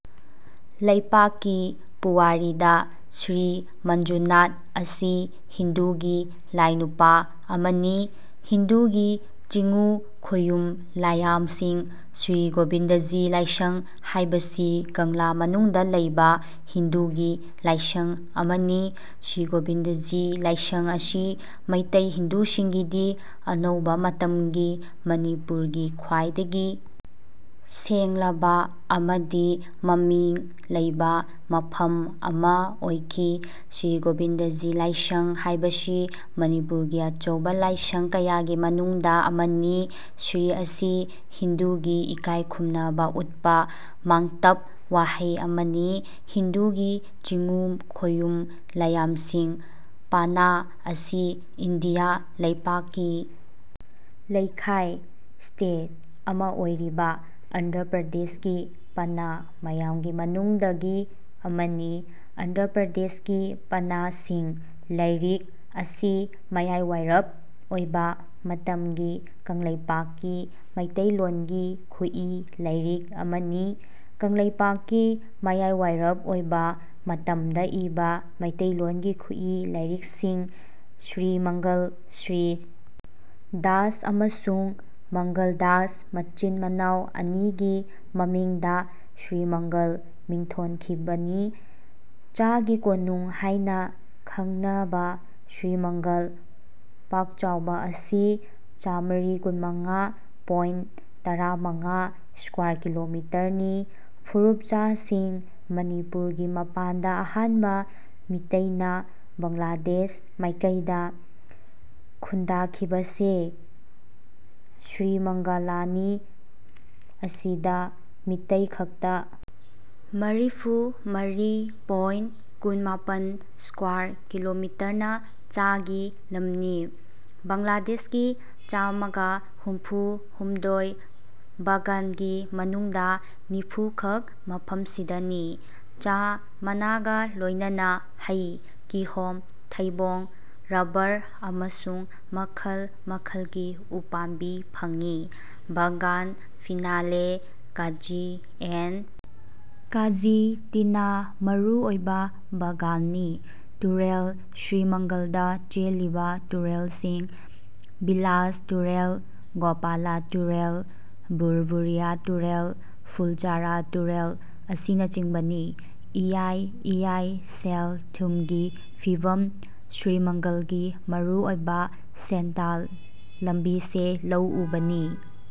ꯂꯩꯄꯥꯛꯀꯤ ꯄꯨꯋꯥꯔꯤꯗ ꯁ꯭ꯔꯤ ꯃꯟꯖꯨꯅꯥꯊ ꯑꯁꯤ ꯍꯤꯟꯗꯨꯒꯤ ꯂꯥꯢꯅꯨꯄꯥ ꯑꯃꯅꯤ꯫ ꯍꯤꯟꯗꯨꯒꯤ ꯆꯤꯉꯨ ꯈꯣꯌꯨꯝ ꯂꯥꯢꯌꯥꯝꯁꯤꯡ ꯁ꯭ꯔꯤ ꯒꯣꯚꯤꯟꯗꯖꯤ ꯂꯥꯢꯁꯪ ꯍꯥꯏꯕꯁꯤ ꯀꯪꯂꯥ ꯃꯅꯨꯡꯗ ꯂꯩꯕ ꯍꯤꯟꯗꯨꯒꯤ ꯂꯥꯢꯁꯪ ꯑꯃꯅꯤ꯫ ꯁ꯭ꯔꯤ ꯒꯣꯚꯤꯟꯗꯖꯤ ꯂꯥꯢꯁꯪ ꯑꯁꯤ ꯃꯩꯇꯩ ꯍꯤꯟꯗꯨꯁꯤꯡꯒꯤꯗꯤ ꯑꯅꯧꯕ ꯃꯇꯝ ꯒꯤ ꯃꯅꯤꯄꯨꯔꯒꯤ ꯈ꯭ꯋꯥꯢꯗꯒꯤ ꯁꯦꯡꯂꯕ ꯑꯃꯗꯤ ꯃꯃꯤꯡ ꯂꯩꯕ ꯃꯐꯝ ꯑꯃ ꯑꯣꯢꯈꯤ꯫ "ꯁ꯭ꯔꯤ ꯒꯣꯚꯤꯟꯗꯖꯤ ꯂꯥꯢꯁꯪ" ꯍꯥꯏꯕꯁꯤ ꯃꯅꯤꯄꯨꯔꯒꯤ ꯑꯆꯧꯕ ꯂꯥꯢꯁꯪ ꯀꯌꯥꯒꯤ ꯃꯅꯨꯡꯗ ꯑꯃꯅꯤ꯫ ꯁ꯭ꯔꯤ ꯑꯁꯤ ꯍꯤꯟꯗꯨꯒꯤ ꯏꯀꯥꯢꯈꯨꯝꯅꯕ ꯎꯠꯄ ꯃꯥꯡꯇꯞ ꯋꯥꯍꯩ ꯑꯃꯅꯤ꯫ ꯍꯤꯟꯗꯨꯒꯤ ꯆꯤꯉꯨ ꯈꯣꯌꯨꯝ ꯂꯥꯢꯌꯥꯝꯁꯤꯡ ꯄꯅꯥ ꯑꯁꯤ ꯏꯟꯗꯤꯌꯥ ꯂꯩꯄꯥꯛꯀꯤ ꯂꯩꯈꯥꯢ (ꯁ꯭ꯇꯦꯠ) ꯑꯃ ꯑꯣꯢꯔꯤꯕ ꯑꯟꯙ꯭ꯔ ꯄ꯭ꯔꯗꯦꯁꯀꯤ ꯄꯅꯥ ꯃꯌꯥꯝꯒꯤ ꯃꯅꯨꯡꯗꯒꯤ ꯑꯃꯅꯤ꯫ ꯑꯟꯙ꯭ꯔ ꯄ꯭ꯔꯗꯦꯁꯀꯤ ꯄꯅꯥꯁꯤꯡ ꯂꯥꯢꯔꯤꯛ ꯑꯁꯤ ꯃꯌꯥꯢꯋꯥꯢꯔꯞ ꯑꯣꯢꯕ ꯃꯇꯝꯒꯤ ꯀꯪꯂꯩꯄꯥꯛꯀꯤ ꯃꯤꯇꯩꯂꯣꯟꯒꯤ ꯈꯨꯠꯏ ꯂꯥꯢꯔꯤꯛ ꯑꯃꯅꯤ꯫ ꯀꯪꯂꯩꯄꯥꯛꯀꯤ ꯃꯌꯥꯢꯋꯥꯢꯔꯞ ꯑꯣꯢꯕ ꯃꯇꯝꯗ ꯏꯕ ꯃꯤꯇꯩꯂꯣꯟꯒꯤ ꯈꯨꯠꯏ ꯂꯥꯢꯔꯤꯛꯁꯤꯡ ꯁ꯭ꯔꯤꯃꯪꯒꯜ, ꯁ꯭ꯔꯤꯁ ꯗꯥꯁ, ꯑꯃꯁꯨꯡ ꯃꯪꯒꯜ ꯗꯥꯁ ꯃꯆꯤꯟꯃꯅꯥꯎ ꯑꯅꯤꯒꯤ ꯃꯃꯤꯡꯗ ꯁ꯭ꯔꯤꯃꯪꯒꯜ ꯃꯤꯡꯊꯣꯟꯈꯤꯕꯅꯤ꯫ ꯆꯥꯒꯤ ꯀꯣꯅꯨꯡ ꯍꯥꯏꯅ ꯈꯪꯅꯕ ꯁ꯭ꯔꯤꯃꯪꯒꯜ ꯄꯥꯛꯆꯥꯎꯕ ꯑꯁꯤ ꯆꯥꯃꯔꯤ ꯀꯨꯟꯃꯉꯥ ꯄꯣꯏꯟꯇ ꯇꯔꯥꯃꯉꯥ ꯁ꯭ꯀ꯭ꯌꯥꯔ ꯀꯤꯂꯣꯃꯤꯇꯔꯅꯤ꯫ ꯐꯨꯔꯨꯞꯆꯥꯁꯤꯡ ꯃꯅꯤꯄꯨꯔꯒꯤ ꯃꯄꯥꯟꯗ ꯑꯍꯥꯟꯕ ꯃꯤꯇꯩꯅ ꯕꯪꯂꯥꯗꯦꯁ ꯃꯥꯏꯀꯩꯗ ꯈꯨꯟꯗꯥꯈꯤꯕꯁꯦ ꯁ꯭ꯔꯤꯃꯡꯒꯂꯅꯤ꯫ ꯑꯁꯤꯗ ꯃꯤꯇꯩꯈꯛꯇ ꯃꯔꯤꯐꯨ ꯃꯔꯤ ꯄꯣꯏꯟꯠ ꯀꯨꯟ ꯃꯥꯄꯟ ꯁ꯭ꯀ꯭ꯋꯥꯔ ꯀꯤꯂꯣꯃꯤꯇꯔꯅ ꯆꯥꯒꯤ ꯂꯝꯅꯤ꯫ ꯕꯪꯂꯥꯗꯦꯁꯀꯤ ꯆꯥꯃꯒ ꯍꯨꯝꯐꯨ ꯍꯨꯝꯗꯣꯏ ꯕꯥꯒꯥꯟꯒꯤ ꯃꯅꯨꯡꯗ ꯅꯤꯐꯨꯈꯛ ꯃꯐꯝꯁꯤꯗꯅꯤ꯫ ꯆꯥ ꯃꯅꯥꯒ ꯂꯣꯏꯅꯅ ꯍꯩ, ꯀꯤꯍꯣꯝ, ꯊꯩꯕꯣꯡ, ꯔꯕꯔ ꯑꯃꯁꯨꯡ ꯃꯈꯜ ꯃꯈꯜꯒꯤ ꯎꯄꯥꯟꯕꯤ ꯐꯪꯉꯤ꯫ ꯕꯒꯥꯟ ꯐꯤꯅꯂꯦ, ꯀꯥꯖꯤ ꯑꯦꯟ꯭ꯗ ꯀꯥꯖꯤ ꯇꯤ ꯅꯥ ꯃꯔꯨ ꯑꯣꯢꯕ ꯕꯥꯒꯥꯟꯅꯤ꯫ ꯇꯨꯔꯦꯜ ꯁ꯭ꯔꯤꯃꯪꯒꯜꯗ ꯆꯦꯜꯂꯤꯕ ꯇꯨꯔꯦꯜꯁꯤꯡ ꯕꯤꯂꯥꯁ ꯇꯨꯔꯦꯜ, ꯒꯣꯄꯂꯥ ꯇꯨꯔꯦꯜ, ꯚꯨꯔꯚꯨꯔꯤꯌꯥ ꯇꯨꯔꯦꯜ, ꯐꯨꯜꯆꯔꯥ ꯇꯨꯔꯦꯜ ꯑꯁꯤꯅꯆꯤꯡꯕꯅꯤ꯫ ꯢꯌꯥꯏ ꯢꯌꯥꯏ ꯁꯦꯜ ꯊꯨꯝꯒꯤ ꯐꯤꯚꯝ ꯁ꯭ꯔꯤꯃꯪꯒꯜꯒꯤ ꯃꯔꯨ ꯑꯣꯏꯕ ꯁꯦꯜꯇꯥꯟ ꯂꯝꯕꯤꯁꯦ ꯂꯧ ꯎꯕꯅꯤ꯫